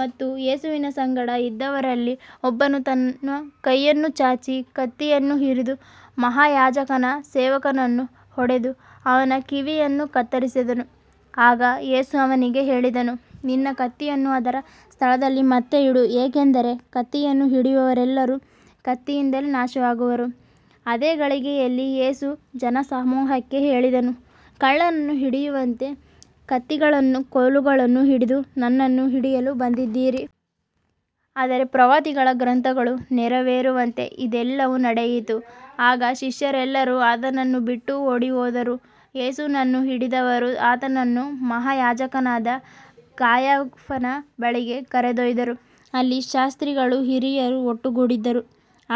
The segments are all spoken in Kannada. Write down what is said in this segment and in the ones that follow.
ಮತ್ತು ಯೇಸುವಿನ ಸಂಗಡ ಇದ್ದವರಲ್ಲಿ ಒಬ್ಬನು ತನ್ನ ಕೈಯನ್ನು ಚಾಚಿ ಕತ್ತಿಯನ್ನು ಹಿರಿದು ಮಹಾಯಾಜಕನ ಸೇವಕನನ್ನು ಹೊಡೆದು ಅವನ ಕಿವಿಯನ್ನು ಕತ್ತರಿಸಿದನು. ಆಗ ಯೇಸು ಅವನಿಗೆ ಹೇಳಿದನು, ನಿನ್ನ ಕತ್ತಿಯನ್ನು ಅದರ ಸ್ಥಳದಲ್ಲಿ ಮತ್ತೆ ಇಡು, ಏಕೆಂದರೆ ಕತ್ತಿಯನ್ನು ಹಿಡಿಯುವವರೆಲ್ಲರೂ ಕತ್ತಿಯಿಂದಲೇ ನಾಶವಾಗುವರು. ಅದೇ ಗಳಿಗೆಯಲ್ಲಿ ಯೇಸು ಜನಸಮೂಹಕ್ಕೆ ಹೇಳಿದನು, ಕಳ್ಳನನ್ನು ಹಿಡಿಯುವಂತೆ ಕತ್ತಿಗಳನ್ನೂ ಕೋಲುಗಳನ್ನೂ ಹಿಡಿದು ನನ್ನನ್ನು ಹಿಡಿಯಲು ಬಂದಿದ್ದೀರಾ. ಆದರೆ ಪ್ರವಾದಿಗಳ ಗ್ರಂಥಗಳು ನೆರವೇರುವಂತೆ ಇದೆಲ್ಲವೂ ನಡೆಯಿತು. ಆಗ ಶಿಷ್ಯರೆಲ್ಲರೂ ಆತನನ್ನು ಬಿಟ್ಟು ಓಡಿಹೋದರು. ಯೇಸುವನ್ನು ಹಿಡಿದವರು ಆತನನ್ನು ಮಹಾಯಾಜಕನಾದ ಕಾಯಫನ ಬಳಿಗೆ ಕರೆದೊಯ್ದರು, ಅಲ್ಲಿ ಶಾಸ್ತ್ರಿಗಳೂ ಹಿರಿಯರೂ ಒಟ್ಟುಗೂಡಿದ್ದರು.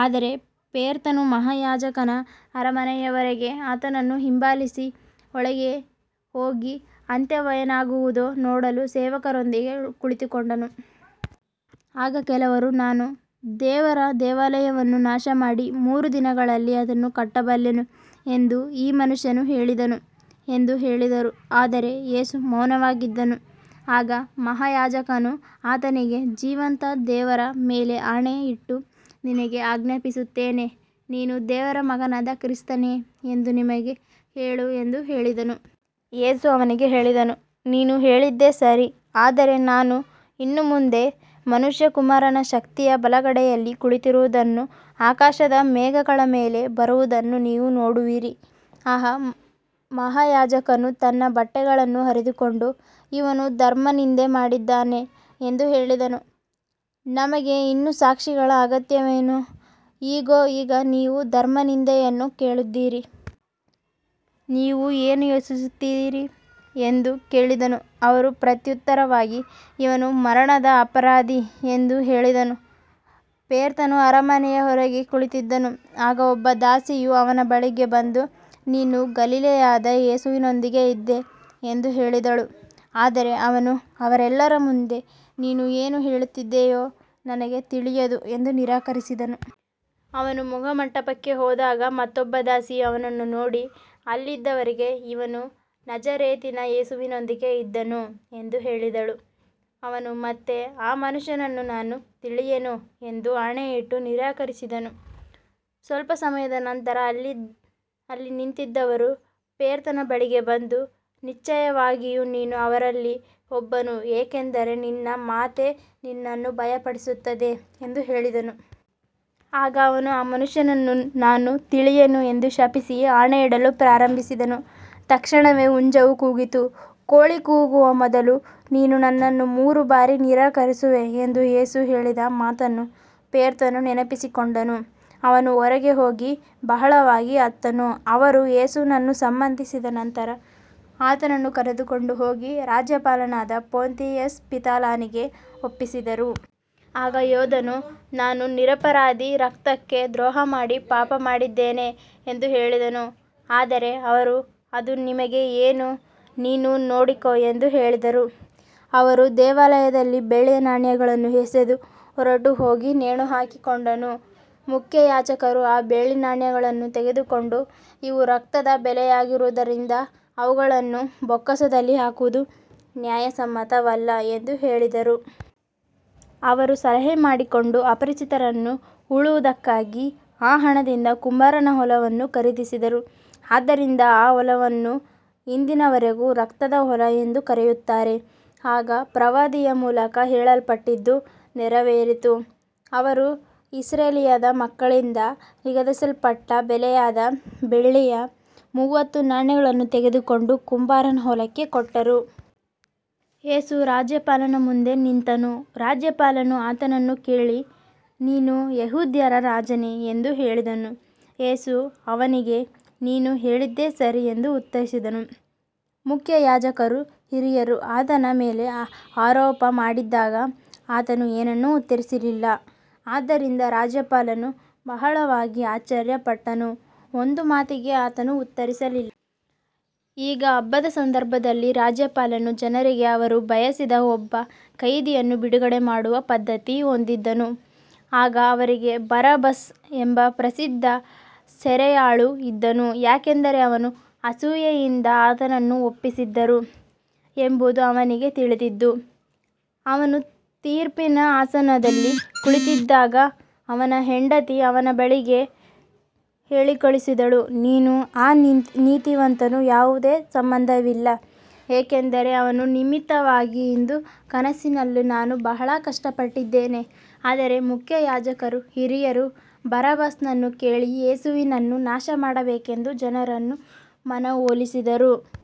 ಆದರೆ ಪೇತ್ರನು ಮಹಾಯಾಜಕನ ಅರಮನೆಯವರೆಗೆ ಆತನನ್ನು ಹಿಂಬಾಲಿಸಿ, ಒಳಗೆ ಹೋಗಿ ಅಂತ್ಯವೇನಾಗುವುದೋ ನೋಡಲು ಸೇವಕರೊಂದಿಗೆ ಕುಳಿತುಕೊಂಡನು. ಆಗ ಕೆಲವರು, ನಾನು ದೇವರ ದೇವಾಲಯವನ್ನು ನಾಶಮಾಡಿ ಮೂರು ದಿನಗಳಲ್ಲಿ ಅದನ್ನು ಕಟ್ಟಬಲ್ಲೆನು ಎಂದು ಈ ಮನುಷ್ಯನು ಹೇಳಿದನು ಎಂದು ಹೇಳಿದರು. ಆದರೆ ಯೇಸು ಮೌನವಾಗಿದ್ದನು. ಆಗ ಮಹಾಯಾಜಕನು ಆತನಿಗೆ, ಜೀವಂತ ದೇವರ ಮೇಲೆ ಆಣೆ ಇಟ್ಟು ನಿನಗೆ ಆಜ್ಞಾಪಿಸುತ್ತೇನೆ, ನೀನು ದೇವರ ಮಗನಾದ ಕ್ರಿಸ್ತನೇ ಎಂದು ನಮಗೆ ಹೇಳು ಎಂದು ಹೇಳಿದನು. ಯೇಸು ಅವನಿಗೆ ಹೇಳಿದನು, ನೀನು ಹೇಳಿದ್ದೇ ಸರಿ. ಆದರೆ ಇನ್ನು ಮುಂದೆ ಮನುಷ್ಯಕುಮಾರನು ಶಕ್ತಿಯ ಬಲಗಡೆಯಲ್ಲಿ ಕುಳಿತಿರುವುದನ್ನೂ ಆಕಾಶದ ಮೇಘಗಳ ಮೇಲೆ ಬರುವುದನ್ನೂ ನೀವು ನೋಡುವಿರಿ. ಆಗ ಮಹಾಯಾಜಕನು ತನ್ನ ಬಟ್ಟೆಗಳನ್ನು ಹರಿದುಕೊಂಡು, ಇವನು ಧರ್ಮನಿಂದೆ ಮಾಡಿದ್ದಾನೆ ಎಂದು ಹೇಳಿದನು. ನಮಗೆ ಇನ್ನು ಸಾಕ್ಷಿಗಳ ಅಗತ್ಯವೇನು, ಇಗೋ, ಈಗ ನೀವು ಧರ್ಮನಿಂದೆಯನ್ನು ಕೇಳಿದ್ದೀರಿ. ನೀವು ಏನು ಯೋಚಿಸುತ್ತೀರಿ ಎಂದು ಕೇಳಿದರು. ಅವರು ಪ್ರತ್ಯುತ್ತರವಾಗಿ, ಇವನು ಮರಣದ ಅಪರಾಧಿ ಎಂದು ಹೇಳಿದರು. ಪೇತ್ರನು ಅರಮನೆಯ ಹೊರಗೆ ಕುಳಿತಿದ್ದನು. ಆಗ ಒಬ್ಬ ದಾಸಿಯು ಅವನ ಬಳಿಗೆ ಬಂದು, ನೀನೂ ಗಲಿಲಾಯದ ಯೇಸುವಿನೊಂದಿಗೆ ಇದ್ದೆ ಎಂದು ಹೇಳಿದಳು. ಆದರೆ ಅವನು ಅವರೆಲ್ಲರ ಮುಂದೆ, ನೀನು ಏನು ಹೇಳುತ್ತಿದ್ದೀಯೋ ನನಗೆ ತಿಳಿಯದು ಎಂದು ನಿರಾಕರಿಸಿದನು. ಅವನು ಮುಖಮಂಟಪಕ್ಕೆ ಹೋದಾಗ ಮತ್ತೊಬ್ಬ ದಾಸಿಯು ಅವನನ್ನು ನೋಡಿ ಅಲ್ಲಿದ್ದವರಿಗೆ, ಇವನೂ ನಜರೇತಿನ ಯೇಸುವಿನೊಂದಿಗೆ ಇದ್ದನು ಎಂದು ಹೇಳಿದಳು. ಅವನು ಮತ್ತೆ, ಆ ಮನುಷ್ಯನನ್ನು ನಾನು ತಿಳಿಯೆನು ಎಂದು ಆಣೆಯಿಟ್ಟು ನಿರಾಕರಿಸಿದನು. ಸ್ವಲ್ಪ ಸಮಯದ ನಂತರ ಅಲ್ಲಿ ನಿಂತಿದ್ದವರು ಪೇತ್ರನ ಬಳಿಗೆ ಬಂದು, ನಿಶ್ಚಯವಾಗಿಯೂ ನೀನೂ ಅವರಲ್ಲಿ ಒಬ್ಬನು, ಏಕೆಂದರೆ ನಿನ್ನ ಮಾತೇ ನಿನ್ನನ್ನು ಬಯಲುಪಡಿಸುತ್ತದೆ ಎಂದು ಹೇಳಿದರು. ಆಗ ಅವನು, ಆ ಮನುಷ್ಯನನ್ನು ನಾನು ತಿಳಿಯೆನು ಎಂದು ಶಪಿಸಿ ಆಣೆಯಿಡಲು ಪ್ರಾರಂಭಿಸಿದನು. ತಕ್ಷಣವೇ ಹುಂಜವು ಕೂಗಿತು. ಕೋಳಿ ಕೂಗುವ ಮೊದಲು ನೀನು ನನ್ನನ್ನು ಮೂರು ಬಾರಿ ನಿರಾಕರಿಸುವೆ ಎಂದು ಯೇಸು ಹೇಳಿದ ಮಾತನ್ನು ಪೇತ್ರನು ನೆನಪಿಸಿಕೊಂಡನು. ಅವನು ಹೊರಗೆ ಹೋಗಿ ಬಹಳವಾಗಿ ಅತ್ತನು. ಅವರು ಯೇಸುವನ್ನು ಬಂಧಿಸಿದ ನಂತರ ಆತನನ್ನು ಕರೆದುಕೊಂಡು ಹೋಗಿ ರಾಜ್ಯಪಾಲನಾದ ಪೊಂತಿಯಸ್ ಪಿಲಾತನಿಗೆ ಒಪ್ಪಿಸಿದರು. ಆಗ ಯೂದನು, ನಾನು ನಿರಪರಾಧಿ ರಕ್ತಕ್ಕೆ ದ್ರೋಹಮಾಡಿ ಪಾಪ ಮಾಡಿದ್ದೇನೆ ಎಂದು ಹೇಳಿದನು. ಆದರೆ ಅವರು, ಅದು ನಮಗೆ ಏನು, ನೀನೇ ನೋಡಿಕೋ ಎಂದು ಹೇಳಿದರು. ಅವನು ದೇವಾಲಯದಲ್ಲಿ ಬೆಳ್ಳಿಯ ನಾಣ್ಯಗಳನ್ನು ಎಸೆದು ಹೊರಟುಹೋಗಿ ನೇಣು ಹಾಕಿಕೊಂಡನು. ಮುಖ್ಯಯಾಜಕರು ಆ ಬೆಳ್ಳಿಯ ನಾಣ್ಯಗಳನ್ನು ತೆಗೆದುಕೊಂಡು, ಇವು ರಕ್ತದ ಬೆಲೆಯಾಗಿರುವುದರಿಂದ ಅವುಗಳನ್ನು ಬೊಕ್ಕಸದಲ್ಲಿ ಹಾಕುವುದು ನ್ಯಾಯಸಮ್ಮತವಲ್ಲ ಎಂದು ಹೇಳಿದರು. ಅವರು ಸಲಹೆ ಮಾಡಿಕೊಂಡು ಅಪರಿಚಿತರನ್ನು ಹೂಳುವುದಕ್ಕಾಗಿ ಆ ಹಣದಿಂದ ಕುಂಬಾರನ ಹೊಲವನ್ನು ಖರೀದಿಸಿದರು. ಆದ್ದರಿಂದ ಆ ಹೊಲವನ್ನು ಇಂದಿನವರೆಗೂ ರಕ್ತದ ಹೊಲ ಎಂದು ಕರೆಯುತ್ತಾರೆ. ಆಗ ಪ್ರವಾದಿಯ ಮೂಲಕ ಹೇಳಲ್ಪಟ್ಟದ್ದು ನೆರವೇರಿತು, ಅವರು ಇಸ್ರಾಯೇಲಿನ ಮಕ್ಕಳಿಂದ ನಿಗದಿಪಡಿಸಲ್ಪಟ್ಟ ಬೆಲೆಯಾದ ಬೆಳ್ಳಿಯ ಮೂವತ್ತು ನಾಣ್ಯಗಳನ್ನು ತೆಗೆದುಕೊಂಡು ಕುಂಬಾರನ ಹೊಲಕ್ಕಾಗಿ ಕೊಟ್ಟರು. ಯೇಸು ರಾಜ್ಯಪಾಲನ ಮುಂದೆ ನಿಂತನು. ರಾಜ್ಯಪಾಲನು ಆತನನ್ನು ಕೇಳಿ, ನೀನು ಯೆಹೂದ್ಯರ ರಾಜನೇ ಎಂದು ಹೇಳಿದನು. ಯೇಸು ಅವನಿಗೆ, ನೀನು ಹೇಳಿದ್ದೇ ಸರಿ ಎಂದು ಉತ್ತರಿಸಿದನು. ಮುಖ್ಯಯಾಜಕರೂ ಹಿರಿಯರೂ ಆತನ ಮೇಲೆ ಆರೋಪ ಮಾಡುತ್ತಿದ್ದಾಗ ಆತನು ಏನನ್ನೂ ಉತ್ತರಿಸಲಿಲ್ಲ. ಆದ್ದರಿಂದ ರಾಜ್ಯಪಾಲನು ಬಹಳವಾಗಿ ಆಶ್ಚರ್ಯಪಟ್ಟನು, ಒಂದು ಮಾತಿಗೂ ಆತನು ಉತ್ತರಿಸಲಿಲ್ಲ. ಈಗ ಹಬ್ಬದ ಸಂದರ್ಭದಲ್ಲಿ ರಾಜ್ಯಪಾಲನು ಜನರಿಗೆ ಅವರು ಬಯಸಿದ ಒಬ್ಬ ಖೈದಿಯನ್ನು ಬಿಡುಗಡೆ ಮಾಡುವ ಪದ್ಧತಿ ಹೊಂದಿದ್ದನು. ಆಗ ಅವರಿಗೆ ಬರಬ್ಬಾಸ್ ಎಂಬ ಪ್ರಸಿದ್ಧ ಸೆರೆಯಾಳು ಇದ್ದನು. ಯಾಕಂದರೆ ಅವರು ಅಸೂಯೆಯಿಂದ ಆತನನ್ನು ಒಪ್ಪಿಸಿದ್ದರು ಎಂಬುದು ಅವನಿಗೆ ತಿಳಿದಿತ್ತು. ಅವನು ತೀರ್ಪಿನ ಆಸನದಲ್ಲಿ ಕುಳಿತಿದ್ದಾಗ ಅವನ ಹೆಂಡತಿ ಅವನ ಬಳಿಗೆ ಹೇಳಿಕಳುಹಿಸಿದಳು, ನೀನೂ ಆ ನೀತಿವಂತನೂ ಯಾವುದೇ ಸಂಬಂಧವಿಲ್ಲ, ಏಕೆಂದರೆ ಅವನ ನಿಮಿತ್ತವಾಗಿ ಇಂದು ಕನಸಿನಲ್ಲಿ ನಾನು ಬಹಳ ಕಷ್ಟಪಟ್ಟಿದ್ದೇನೆ. ಆದರೆ ಮುಖ್ಯಯಾಜಕರೂ ಹಿರಿಯರೂ ಬರಬ್ಬಾಸನನ್ನು ಕೇಳಿ ಯೇಸುವನ್ನು ನಾಶಮಾಡಬೇಕೆಂದು ಜನರನ್ನು ಮನವೊಲಿಸಿದರು.